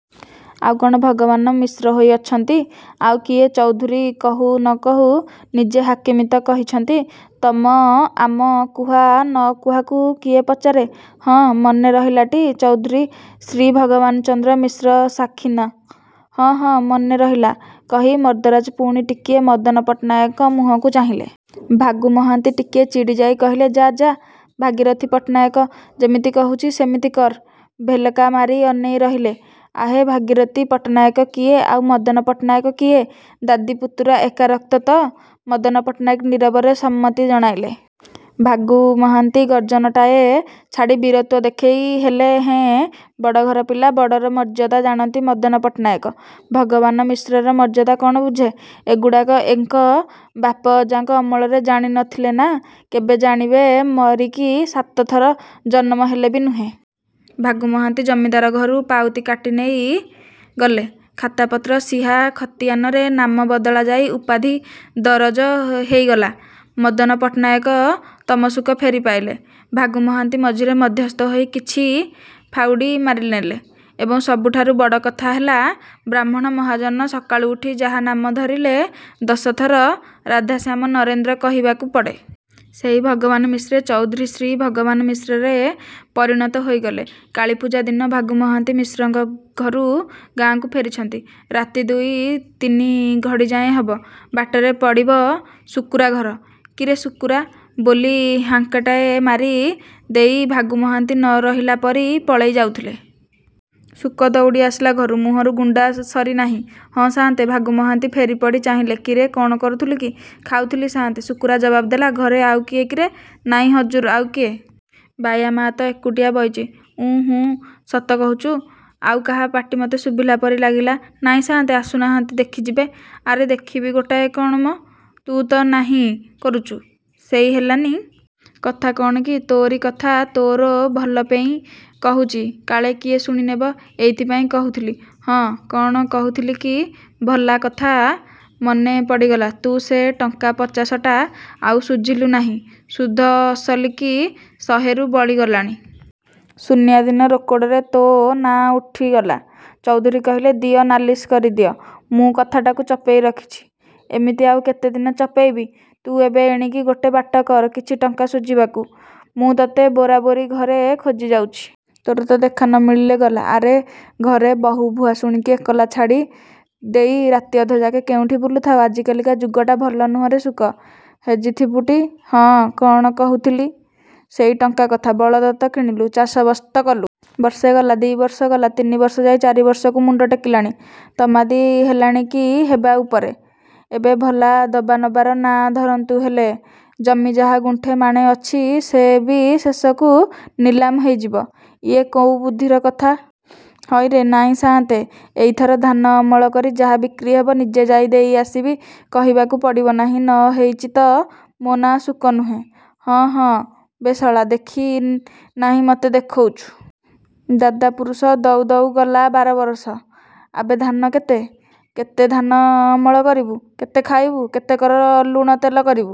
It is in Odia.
ଆଉ କ'ଣ ଭଗବାନ ମିଶ୍ର ହୋଇ ଅଛନ୍ତି। ଆଉ କିଏ ଚୌଧୁରୀ କହୁ ନ କହୁ ନିଜେ ହାକିମ ତ କହିଛନ୍ତି। ତମ ଆମ କୁହା ନକୁହାକୁ କିଏ ପଚାରେ ହଁ ମନେ ରହିଲାଟି ଚୌଧୁରୀ ଶ୍ରୀ ଭଗବାନଚନ୍ଦ୍ର ମିଶ୍ର ସାଖିନ। ''ହଁ, ହଁ, ମନେ ରହିଲା'' କହି, ମର୍ଦ୍ଦରାଜ ପୁଣି ଟିକିଏ ମଦନ ପଟ୍ଟନାୟକଙ୍କ ମୁହଁକୁ ଚାହିଁଲେ। ଭାଗୁ ମହାନ୍ତି ଟିକିଏ ଚିଡ଼ିଯାଇ କହିଲେ ଯାଃ ଯାଃ ଭାଗିରଥି ପଟ୍ଟନାୟକ ଯେମିତି କହୁଛି ସେମିତି କର–ଭେଲକା ମାରି ଅନେଇ ରହିଲେ। ଆହୋ ଭାଗିରଥି ପଟ୍ଟନାୟକ କିଏ ଆଉ ମଦନ ପଟ୍ଟନାୟକ କିଏ? ଦାଦି ପୁତୁରା ଏକା ରକ୍ତ ତ। '' ମଦନ ପଟ୍ଟନାୟକ ନୀରବରେ ସମ୍ମତି ଜଣାଇଲେ। ଭାଗୁ ମହାନ୍ତି ଗର୍ଜନଟାଏ ଛାଡ଼ି ବୀରତ୍ୱ ଦେଖେଇ ଦେଲେ ''ହେଁ ବଡ଼ଘର ପିଲା ବଡ଼ର ମର୍ଯ୍ୟାଦା ଜାଣନ୍ତି ମଦନ ପଟ୍ଟନାୟକ, ଭଗବାନ ମିଶ୍ରର ମର୍ଯ୍ୟାଦା କ'ଣ ବୁଝେ। ଏଗୁଡ଼ାକ ଏଙ୍କ ବାପ ଅଜାଙ୍କ ଅମଳରେ ଜାଣିଥିଲେନା କେବେ ଜାଣିବେ ମରିକି ସାତଥର ଜନମ ହେଲେବି ନୁହେଁ। '' ଭାଗୁ ମହାନ୍ତି ଜମିଦାର ଘରୁ ପାଉତି କାଟି ନେଇ ଗଲେ। ଖାତା ପତ୍ର ସିହା ଖତିଆନରେ ନାମ ବଦଳା ଯାଇ ଉପାଧି ଦରଜ ହେଇଗଲା। ମଦନ ପଟ୍ଟନାୟକ ତମସୁକ ଫେରି ପାଇଲେ। ଭାଗୁ ମହାନ୍ତି ମଝିରେ ମଧ୍ୟସ୍ଥ ହୋଇ କିଛି ଫାଉବି ମାରିନେଲେ। ଏବଂ ସବୁଠାରୁ ବଡ଼ କଥା ହେଲା ବାହ୍ମୁଣ ମହାଜନ, ସକାଳୁ ଉଠି ଯାହା ନାମ ଧରିଲେ ଦଶ ଥର ରାଧାଶ୍ୟାମ ନରେନ୍ଦ୍ର କହିବାକୁ ପଡ଼େ। ସେଇ ଭଗବାନ ମିଶ୍ରେ ଚୌଧୁରୀ ଶ୍ରୀ ଭଗବାନ ମିଶ୍ରରେ ପରିଣତ ହୋଇଗଲେ। କାଳୀପୂଜା ଦିନ ଭାଗୁ ମହାନ୍ତି ମିଶ୍ରଙ୍କ ଘରୁ ଗାଁକୁ ଫେରିଛନ୍ତି। ରାତି ଦୁଇ ତିନି ଘଡ଼ିଯାଏଁ ହବ। ବାଟରେ ପଡ଼ିବ ଶୁକୁରା ଘର। ''କିରେ ଶୁକୁରା'' ବୋଲି ହାଙ୍କଟାଏ ମାରି ଦେଇ ଭାଗୁ ମହାନ୍ତି ନ ରହିଲା ପରି ପଳେଇ ଯାଉଥିଲେ। ଶୁକ ଦଉଡ଼ି ଆସିଲା ଘରୁ। ମୁହଁରୁ ଗୁଣ୍ଡା ସରି ନାହିଁ। ''ହଁ ସାଆନ୍ତେ! '' ଭାଗୁ ମହାନ୍ତି ଫେରିପଡ଼ି ଚାହିଁଲେ''କିରେ କ'ଣ କରୁଥିଲୁ କି? '' ''ଖାଉଥିଲି ସାଆନ୍ତେ। '' ଶୁକୁରା ଜବାବ ଦେଲା। ''ଘରେ ଆଉ କିଏ କିରେ? '' ''ନାଇଁ ହଜୁର ଆଉ କିଏ? ବାଇୟା ମା ତ ଏକୁଟିଆ ବଇଚି। '' ''ଉଁ ହୁଁ। ସତ କହୁଛୁ? ଆଉ କାହା ପାଟି ମୋତେ ଶୁଭିଲା ପରି ଲାଗିଲା। ''ନାଇଁ ସାଆନ୍ତେ। ଆସୁ ନାହାନ୍ତି ଦେଖିଯିବେ। '' ''ଆରେ ଦେଖିବି ଗୋଟାଏ କ'ଣ ମ? ତୁ ତ ନାହିଁ କରୁଛୁ ସେଇ ହେଲାନି? କଥା କ'ଣ କି ତୋରି କଥା ତୋର ଭଲ ପେଇଁ କହୁଛି କାଳେ କିଏ ଶୁଣି ନେବ। ଏଇଥିପାଇଁ କହୁଥିଲି। ହଁ କ'ଣ କହୁଥିଲିକି ଭଲା କଥା ମନେ ପଡ଼ିଗଲା ତୁ ସେ ଟଙ୍କା ପଚାଶଟା ଆଉ ଶୁଝିଲୁ ନାହିଁ-। ସୁଧ ଅସଲକି ଶହେରୁ ବଳି ଗଲାଣି। ସୁନିଆ ଦିନ ରୋକଡ଼ରେ ତୋ ନାଆଁ ଉଠିଗଲା। ଚୌଧୁରୀ କହିଲେ 'ଦିଅ ନାଲିଶ କରିଦିଅ! ' ମୁଁ କଥାଟାକୁ ଚପେଇ ରଖିଛି। ଏମିତି ଆଉ କେତେଦିନ ଚପେଇବି? ତୁ ଏବେ ଏଣିକି ଗୋଟେ ବାଟ କର କିଛି, ଟଙ୍କା ଶୁଝିବାକୁ। ମୁଁ ତୋତେ ବୋରା ବୋରି ଘରେ ଖୋଜି ଯାଉଚି। ତୋରତ ଦେଖା ନ ମିଳିଲେ ଗଲା। ଆରେ, ଘରେ ବହୂ ଭୁଆସୁଣୀକି ଏକଲା ଛାଡ଼ି ଦେଇ ରାତିଅଧଯାକେ କେଉଁଠି ବୁଲୁଥାଉ? ଆଜିକାଲିକା ଯୁଗଟା ଭଲ ନୁହେଁରେ ଶୁକ। ହେଜିଥିବୁଟି! ହଁ, କ'ଣ କହୁଥିଲି? ସେଇ ଟଙ୍କା କଥା। ବଳଦ ତ କିଣିଲୁ। ଚାଷ ବସ୍ତ କଲୁ। ବର୍ଷେ ଗଲା, ଦି' ବର୍ଷ ଗଲା ତିନିବର୍ଷ ଯାଇ ଚାରିବର୍ଷକୁ ମୁଣ୍ଡ ଟେକିଲାଣି। ତମାଦି ହେଲାଣି କି ହେବା ଉପରେ। ଏବେ ଭଲା ଦବାନବାର ନାଁ ଧରନ୍ତୁ ହେଲେ। ଜମି ଯାହି ଗୁଣ୍ଠେ ମାଣେ ଅଛି ସେ ବି ଶେଷକୁ ନିଲାମ ହେଇ ଯିବ। ଇଏ କୋଉଁ ବୁଦ୍ଧିର କଥା! ହଇରେ! '' ''ନାଇଁ ସାଆନ୍ତେ, ଏଇଥର ଧାନ ଅମଳ କରି ଯାହା ବିକ୍ରିହବ ନିଜେ ଯାଇ ଦେଇ ଆସିବି କହିବାକୁ ପଡ଼ିବ ନାହିଁ ନ ହେଇଚି ତ ମୋ ନାଆଁ ଶୁକ ନୁହେଁ। '' ହଁ, ହଁ ବେ ଶଳା, ଦେଖି ନାହିଁ ମୋତେ ଦେଖଉଚୁ। ଦାତା ପୁରୁଷ ଦଉ ଦଉ ଗଲା ବାରବରଷ। ଆବେ ଧାନ କେତେ? କେତେ ଧାନ ଅମଳ କରିବୁ? କେତେ ଖାଇବୁ? କେତେକର ଲୁଣ ତେଲ କରିବୁ?